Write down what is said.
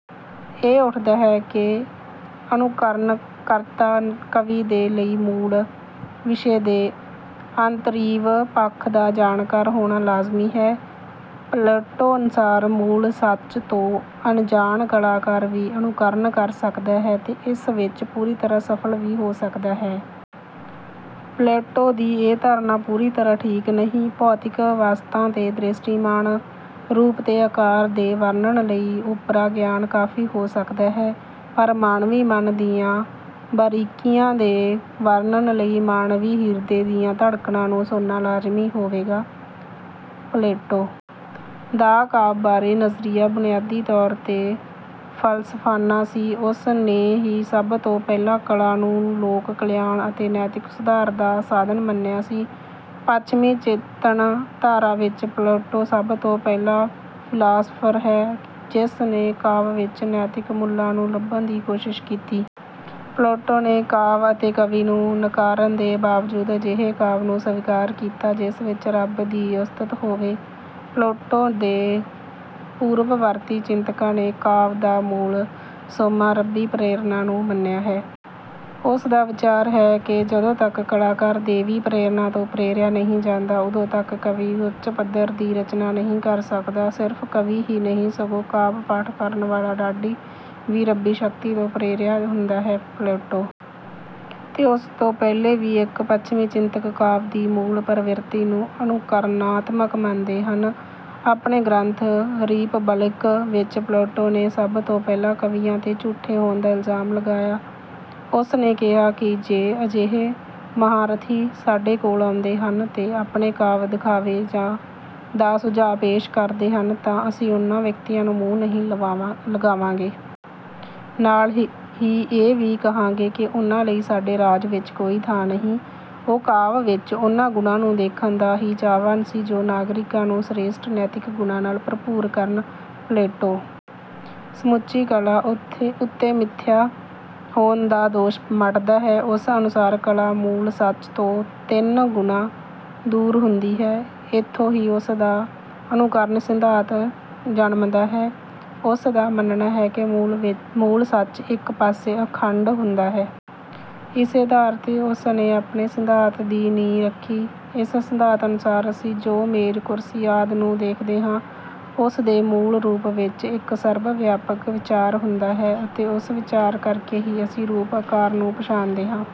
ਇਹ ਉੱਠਦਾ ਹੈ ਕਿ ਅਨੁਕਰਣਕਰਤਾ ਕਵੀ ਦੇ ਲਈ ਮੂਲ ਵਿਸ਼ੇ ਦੇ ਅੰਤਰੀਵ ਪੱਖ ਦਾ ਜਾਣਕਾਰ ਹੋਣਾ ਲਾਜ਼ਮੀ ਹੈ। ਪਲੈਟੋ ਅਨੁਸਾਰ ਮੂਲ ਸੱਚ ਤੋਂ ਅਣਜਾਣ ਕਲਾਕਾਰ ਵੀ ਅਨੁਕਰਣ ਕਰ ਸਕਦਾ ਹੈ ਤੇ ਇਸ ਵਿੱਚ ਪੂਰੀ ਤਰ੍ਹਾਂ ਸਫ਼ਲ ਵੀ ਹੋ ਸਕਦਾ ਹੈ। ਪਲੈਟੋ ਦੀ ਇਹ ਧਾਰਨਾ ਪੂਰੀ ਤਰ੍ਹਾਂ ਠੀਕ ਨਹੀਂ। ਭੌਤਿਕ ਵਸਤਾਂ ਦੇ ਦ੍ਰਿਸ਼ਟੀਮਾਨ ਰੂਪ ਤੇ ਆਕਾਰ ਦੇ ਵਰਣਨ ਲਈ ਓਪਰਾ ਗਿਆਨ ਕਾਫੀ ਹੋ ਸਕਦਾ ਹੈ, ਪਰ ਮਾਨਵੀ ਮਨ ਦੀਆਂ ਬਾਰੀਕੀਆਂ ਦੇ ਵਰਣਨ ਲਈ ਮਾਨਵੀ ਹਿਰਦੇ ਦੀਆਂ ਧੜਕਣਾਂ ਨੂੰ ਸੁਣਨਾ ਲਾਜ਼ਮੀ ਹੋਵੇਗਾ। ਪਲੈਟੋ ਦਾ ਕਾਵਿ ਬਾਰੇ ਨਜ਼ਰੀਆ ਬੁਨਿਆਦੀ ਤੌਰ 'ਤੇ ਫ਼ਲਸਫ਼ਾਨਾ ਸੀ। ਉਸ ਨੇ ਹੀ ਸਭ ਤੋਂ ਪਹਿਲਾਂ ਕਲਾ ਨੂੰ ਲੋਕ ਕਲਿਆਣ ਅਤੇ ਨੈਤਿਕ ਸੁਧਾਰ ਦਾ ਸਾਧਨ ਮੰਨਿਆ ਸੀ। ਪੱਛਮੀ ਚਿੰਤਨ ਧਾਰਾ ਵਿੱਚ ਪਲੈਟੋ ਸਭ ਤੋਂ ਪਹਿਲਾਂ ਫ਼ਿਲਾਸਫਰ ਹੈ, ਜਿਸ ਨੇ ਕਾਵਿ ਵਿੱਚ ਨੈਤਿਕ ਮੁੱਲਾਂ ਨੂੰ ਲੱਭਣ ਦੀ ਕੋਸ਼ਿਸ਼ ਕੀਤੀ। ਪਲੈਟੋ ਨੇ ਕਾਵਿ ਅਤੇ ਕਵੀ ਨੂੰ ਨਕਾਰਨ ਦੇ ਬਾਵਜੂਦ ਅਜਿਹੇ ਕਾਵਿ ਨੂੰ ਸਵੀਕਾਰ ਕੀਤਾ ਜਿਸ ਵਿੱਚ ਰੱਬ ਦੀ ਉਸਤਤ ਹੋਵੇ। ਪਲੈਟੋ ਦੇ ਪੂਰਵਵਰਤੀ ਚਿੰਤਕਾਂ ਨੇ ਕਾਵਿ ਦਾ ਮੂਲ ਸੋਮਾ ਰੱਬੀ ਪ੍ਰੇਰਣਾ ਨੂੰ ਮੰਨਿਆ ਹੈ। ਉਸ ਦਾ ਵਿਚਾਰ ਹੈ ਕਿ ਜਦੋਂ ਤੱਕ ਕਲਾਕਾਰ ਦੈਵੀ ਪ੍ਰੇਰਣਾ ਤੋਂ ਪ੍ਰੇਰਿਆ ਨਹੀਂ ਜਾਂਦਾ, ਉਦੋਂ ਤੱਕ ਕਵੀ ਉੱਚ ਪੱਧਰ ਦੀ ਰਚਨਾ ਨਹੀਂ ਕਰ ਸਕਦਾ। ਸਿਰਫ਼ ਕਵੀ ਹੀ ਨਹੀਂ, ਸਗੋਂ ਕਾਵਿ-ਪਾਠ ਕਰਨ ਵਾਲਾ ਢਾਡੀ ਵੀ ਰੱਬੀ ਸ਼ਕਤੀ ਤੋਂ ਪ੍ਰੇਰਿਆ ਹੁੰਦਾ ਹੈ। ਪਲੈਟੋ ਤੇ ਉਸ ਤੋਂ ਪਹਿਲੇ ਵੀ ਇੱਕ ਪੱਛਮੀ ਚਿੰਤਕ ਕਾਵਿ ਦੀ ਮੂਲ ਪ੍ਰਵਿਰਤੀ ਨੂੰ ਅਨੁਕਰਣਾਤਮਕ ਮੰਨਦੇ ਹਨ। ਆਪਣੇ ਗ੍ਰੰਥ 'ਰੀਪਬਲਿਕ' ਵਿੱਚ ਪਲੈਟੋ ਨੇ ਸਭ ਤੋਂ ਪਹਿਲਾਂ ਕਵੀਆਂ 'ਤੇ ਝੂਠੇ ਹੋਣ ਦਾ ਇਲਜ਼ਾਮ ਲਗਾਇਆ। ਉਸ ਨੇ ਕਿਹਾ ਕਿ ਜੇ ਅਜਿਹੇ ਮਹਾਰਥੀ ਸਾਡੇ ਕੋਲ ਆਉਂਦੇ ਹਨ ਤੇ ਆਪਣੇ ਕਾਵਿ ਦਿਖਾਵੇ ਦਾ ਸੁਝਾਅ ਪੇਸ਼ ਕਰਦੇ ਹਨ ਤਾਂ ਅਸੀਂ ਉਨ੍ਹਾਂ ਵਿਅਕਤੀਆਂ ਨੂੰ ਮੂੰਹ ਨਹੀਂ ਲਗਾਵਾਂਗੇ। ਨਾਲ ਹੀ ਇਹ ਵੀ ਕਹਾਂਗੇ ਕਿ ਉਨ੍ਹਾਂ ਲਈ ਸਾਡੇ ਰਾਜ ਵਿੱਚ ਕੋਈ ਥਾਂ ਨਹੀਂ। ਉਹ ਕਾਵਿ ਵਿੱਚ ਉਨ੍ਹਾਂ ਗੁਣਾਂ ਨੂੰ ਦੇਖਣ ਦਾ ਹੀ ਚਾਹਵਾਨ ਸੀ ਜੋ ਨਾਗਰਿਕਾਂ ਨੂੰ ਸ੍ਰੇਸ਼ਟ ਨੈਤਿਕ ਗੁਣਾਂ ਨਾਲ ਭਰਪੂਰ ਕਰਨ। ਪਲੈਟੋ ਸਮੁੱਚੀ ਕਲਾ ਉੱਤੇ ਮਿੱਥਿਆ ਹੋਣ ਦਾ ਦੋਸ਼ ਮੜ੍ਹਦਾ ਹੈ। ਉਸ ਅਨੁਸਾਰ ਕਲਾ ਮੂਲ ਸੱਚ ਤੋਂ ਤਿੰਨ ਗੁਣਾ ਦੂਰ ਹੁੰਦੀ ਹੈ। ਇੱਥੋਂ ਹੀ ਉਸ ਦਾ ਅਨੁਕਰਨ ਸਿਧਾਂਤ ਜਨਮਦਾ ਹੈ। ਉਸ ਦਾ ਮੰਨਣਾ ਹੈ ਕਿ ਮੂਲ ਸੱਚ ਇੱਕ ਪਾਸੇ ਅਖੰਡ ਹੁੰਦਾ ਹੈ। ਇਸੇ ਆਧਾਰ 'ਤੇ ਉਸ ਨੇ ਆਪਣੇ ਸਿਧਾਂਤ ਦੀ ਨੀਂਹ ਰੱਖੀ। ਇਸ ਸਿਧਾਂਤ ਅਨੁਸਾਰ ਅਸੀਂ ਜੋ ਮੇਜ਼, ਕੁਰਸੀ ਆਦਿ ਨੂੰ ਦੇਖਦੇ ਹਾਂ, ਉਸ ਦੇ ਮੂਲ ਰੂਪ ਵਿੱਚ ਇੱਕ ਸਰਬ-ਵਿਆਪਕ ਵਿਚਾਰ ਹੁੰਦਾ ਹੈ ਅਤੇ ਉਸ ਵਿਚਾਰ ਕਰਕੇ ਹੀ ਅਸੀਂ ਰੂਪ-ਆਕਾਰ ਨੂੰ ਪਛਾਣਦੇ ਹਾਂ।